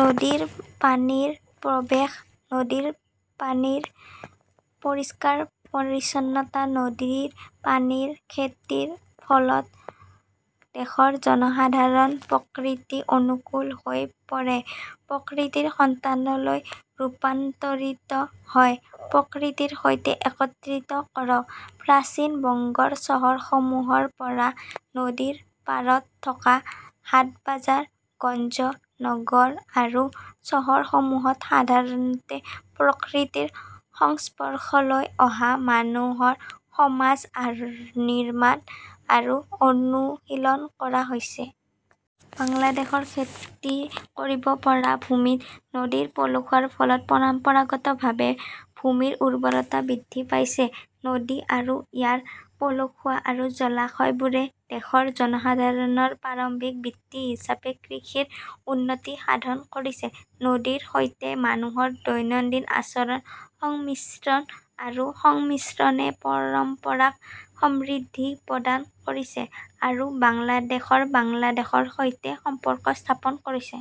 নদীৰ পানীৰ প্ৰৱেশ, নদীৰ পানীৰ পৰিষ্কাৰ-পৰিচ্ছন্নতা, নদীৰ পানীৰ খেতিৰ ফলত দেশৰ জনসাধাৰণ প্ৰকৃতি-অনুকূল হৈ পৰে, প্ৰকৃতিৰ সন্তানলৈ ৰূপান্তৰিত হয়। প্ৰকৃতিৰ সৈতে একত্ৰিত কৰক। প্ৰাচীন বংগৰ চহৰসমূহৰ পৰা নদীৰ পাৰত থকা হাটবাজাৰ, গঞ্জ, নগৰ আৰু চহৰসমূহত সাধাৰণতে প্ৰকৃতিৰ সংস্পৰ্শলৈ অহা মানুহৰ সমাজ নিৰ্মাণ আৰু অনুশীলন কৰা হৈছে। বাংলাদেশৰ খেতি কৰিব পৰা ভূমিত নদীৰ পলসুৱাৰ ফলত পৰম্পৰাগতভাৱে ভূমিৰ উৰ্বৰতা বৃদ্ধি পাইছে। নদী আৰু ইয়াৰ পলসুৱা আৰু জলাশয়বোৰে দেশৰ জনসাধাৰণৰ প্ৰাৰম্ভিক বৃত্তি হিচাপে কৃষিৰ উন্নতি সাধন কৰিছে। নদীৰ সৈতে মানুহৰ দৈনন্দিন আচৰণ, সংমিশ্ৰণ আৰু সংমিশ্ৰণে পৰম্পৰাক সমৃদ্ধি প্ৰদান কৰিছে আৰু বাংলাৰ বাংলাৰ সৈতে সম্পৰ্ক স্থাপন কৰিছে।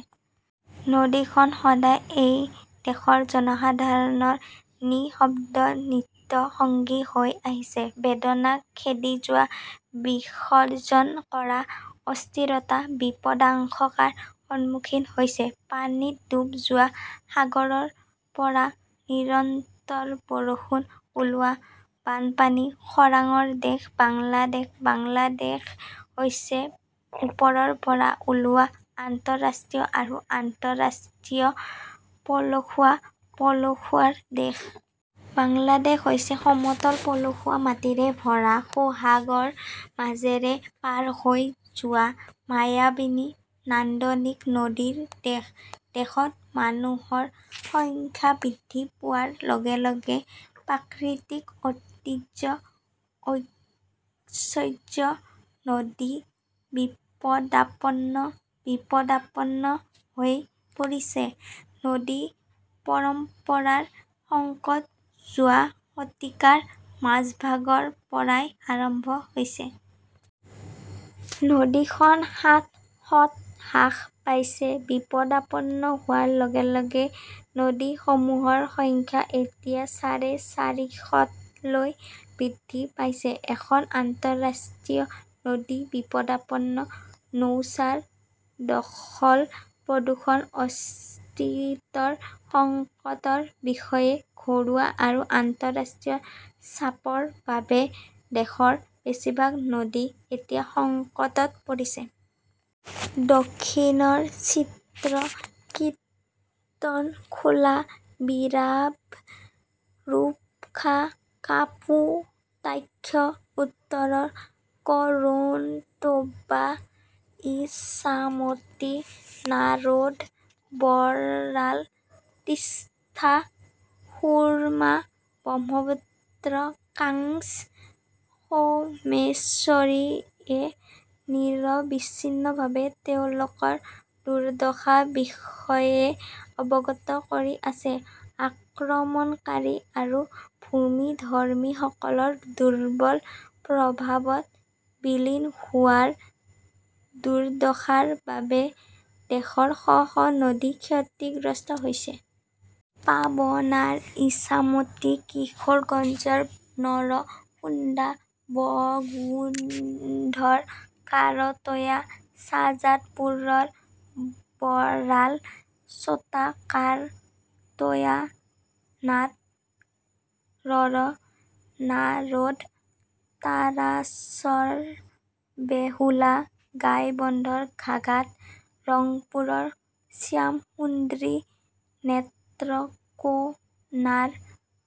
নদীখন সদায় এই দেশৰ জনসাধাৰণৰ নিঃশব্দ নিত্য সঙ্গী হৈ আহিছে, বেদনা, খেদি যোৱা, বিসৰ্জন কৰা, অস্থিৰতা, বিপদাশংকাৰ সন্মুখীন হৈছে। পানীত ডুব যোৱা, সাগৰৰ পৰা নিৰন্তৰ বৰষুণ ওলোৱা, বানপানী-খৰাংৰ দেশ বাংলাদেশ। বাংলাদেশ হৈছে ওপৰৰ পৰা ওলোৱা আন্তঃৰাষ্ট্ৰীয় আৰু আন্তঃৰাষ্ট্ৰীয় পলসুৱা, পলসুৱাৰ দেশ। বাংলাদেশ হৈছে সমতল পলসুৱা মাটিৰে ভৰা সোহাগৰ মাজেৰে পাৰ হৈ যোৱা মায়াবী নান্দনিক নদীৰ দেশ। দেশত মানুহৰ সংখ্যা বৃদ্ধি পোৱাৰ লগে লগে প্ৰাকৃতিক ঐতিহ্য-ঐশ্বৰ্য নদী বিপদাপন্ন, বিপদাপন্ন হৈ পৰিছে। নদী-পৰম্পৰাৰ সংকট যোৱা শতিকাৰ মাজভাগৰ পৰাই আৰম্ভ হৈছে। নদীখন সাতশত হ্ৰাস পাইছে। বিপদাপন্ন হোৱাৰ লগে লগে নদীসমূহৰ সংখ্যা এতিয়া চাৰে চাৰিশতলৈ বৃদ্ধি পাইছে। খন আন্তঃৰাষ্ট্ৰীয় নদী বিপদাপন্ন। নৌচাৰ, দখল-প্ৰদূষণ, অস্তিত্বৰ সংকটৰ বিষয়ে। ঘৰুৱা আৰু আন্তঃৰাষ্ট্ৰীয় চাপৰ বাবে দেশৰ বেছিভাগ নদী এতিয়া সংকটত পৰিছে। দক্ষিণৰ চিত্ৰ, কীৰ্তনখোলা, বীৰাব, ৰূপসা, কাপুটাক্ষ; উত্তৰৰ কৰোট্টোৱা, ইছামতি, নাৰোড, বৰাল, তিষ্টা, সুৰমা, ব্ৰহ্মপুত্ৰ, কাংছ, সোমেশ্বৰীয়ে নিৰবিচ্ছিন্নভাৱে তেওঁলোকৰ দুৰ্দশাৰ বিষয়ে অৱগত কৰি আছে। আক্ৰমণকাৰী আৰু ভূমিধৰ্মীসকলৰ দুৰ্বল প্ৰভাৱত বিলীন হোৱাৰ দুৰ্দশাৰ বাবে দেশৰ শ শ নদী ক্ষতিগ্ৰস্ত হৈছে। পাবনাৰ ইছামতী, কিশোৰগঞ্জৰ নৰসুন্দা, বগুড়ৰ কাৰতোয়া, শ্বাহজাদপুৰৰ বৰাল, ছোটা কাৰতোয়া, নাট 'ৰৰ নাৰোড, তাৰাছৰ বেহুলা, গাইবন্দৰ ঘাঘাট, ৰংপুৰৰ শ্যামাসুন্দ্ৰী, নেত্ৰকোনাৰ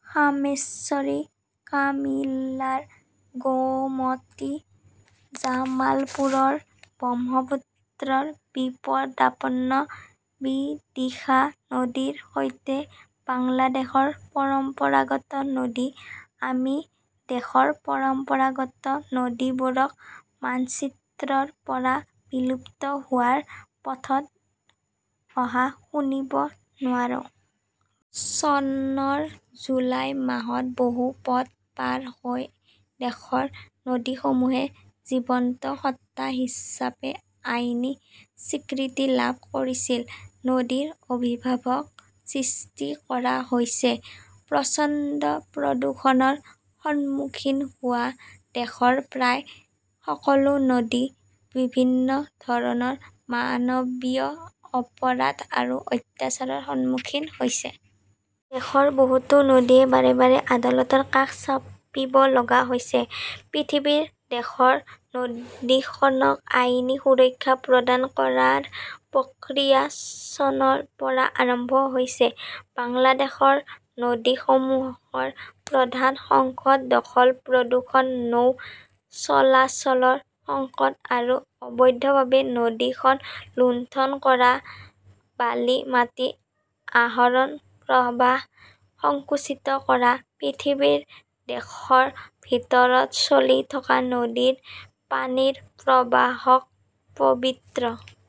সোমেশ্বৰী, কামিলাৰ গোমতী, জামালপুৰৰ ব্ৰহ্মপুত্ৰৰ বিপদাপন্ন বিদিশা নদীৰ সৈতে বাংলাদেশৰ পৰম্পৰাগত নদী। আমি দেশৰ পৰম্পৰাগত নদীবোৰক মানচিত্ৰৰ পৰা বিলুপ্ত হোৱাৰ পথত অহা শুনিব নোৱাৰো। চনৰ জুলাই মাহত বহু পথ পাৰ হৈ দেশৰ নদীসমূহে জীৱন্ত সত্তা হিচাপে আইনী স্বীকৃতি লাভ কৰিছিল। নদীৰ অভিভাৱক সৃষ্টি কৰা হৈছে। প্ৰচণ্ড প্ৰদূষণৰ সন্মুখীন হোৱা দেশৰ প্ৰায় সকলো নদী বিভিন্ন ধৰণৰ মানৱীয় অপৰাধ আৰু অত্যাচাৰৰ সন্মুখীন হৈছে। দেশৰ বহুতো নদীয়ে বাৰে বাৰে আদালতৰ কাষ চাপিব লগা হৈছে। পৃথিৱীৰ দেশত নদীখনক আইনী সুৰক্ষা প্ৰদান কৰাৰ প্ৰক্ৰিয়া চনৰ পৰা আৰম্ভ হৈছে। বাংলাদেশৰ নদীসমূহৰ প্ৰধান সংকট দখল, প্ৰদূষণ, নৌ চলাচলৰ সংকট আৰু অবৈধভাৱে নদীখন লুণ্ঠন কৰা বালি, মাটি আহৰণ, প্ৰৱাহ সংকুচিত কৰা। পৃথিৱীৰ দেশৰ ভিতৰত, চলি থকা নদীৰ পানীৰ প্ৰবাহক পবিত্ৰ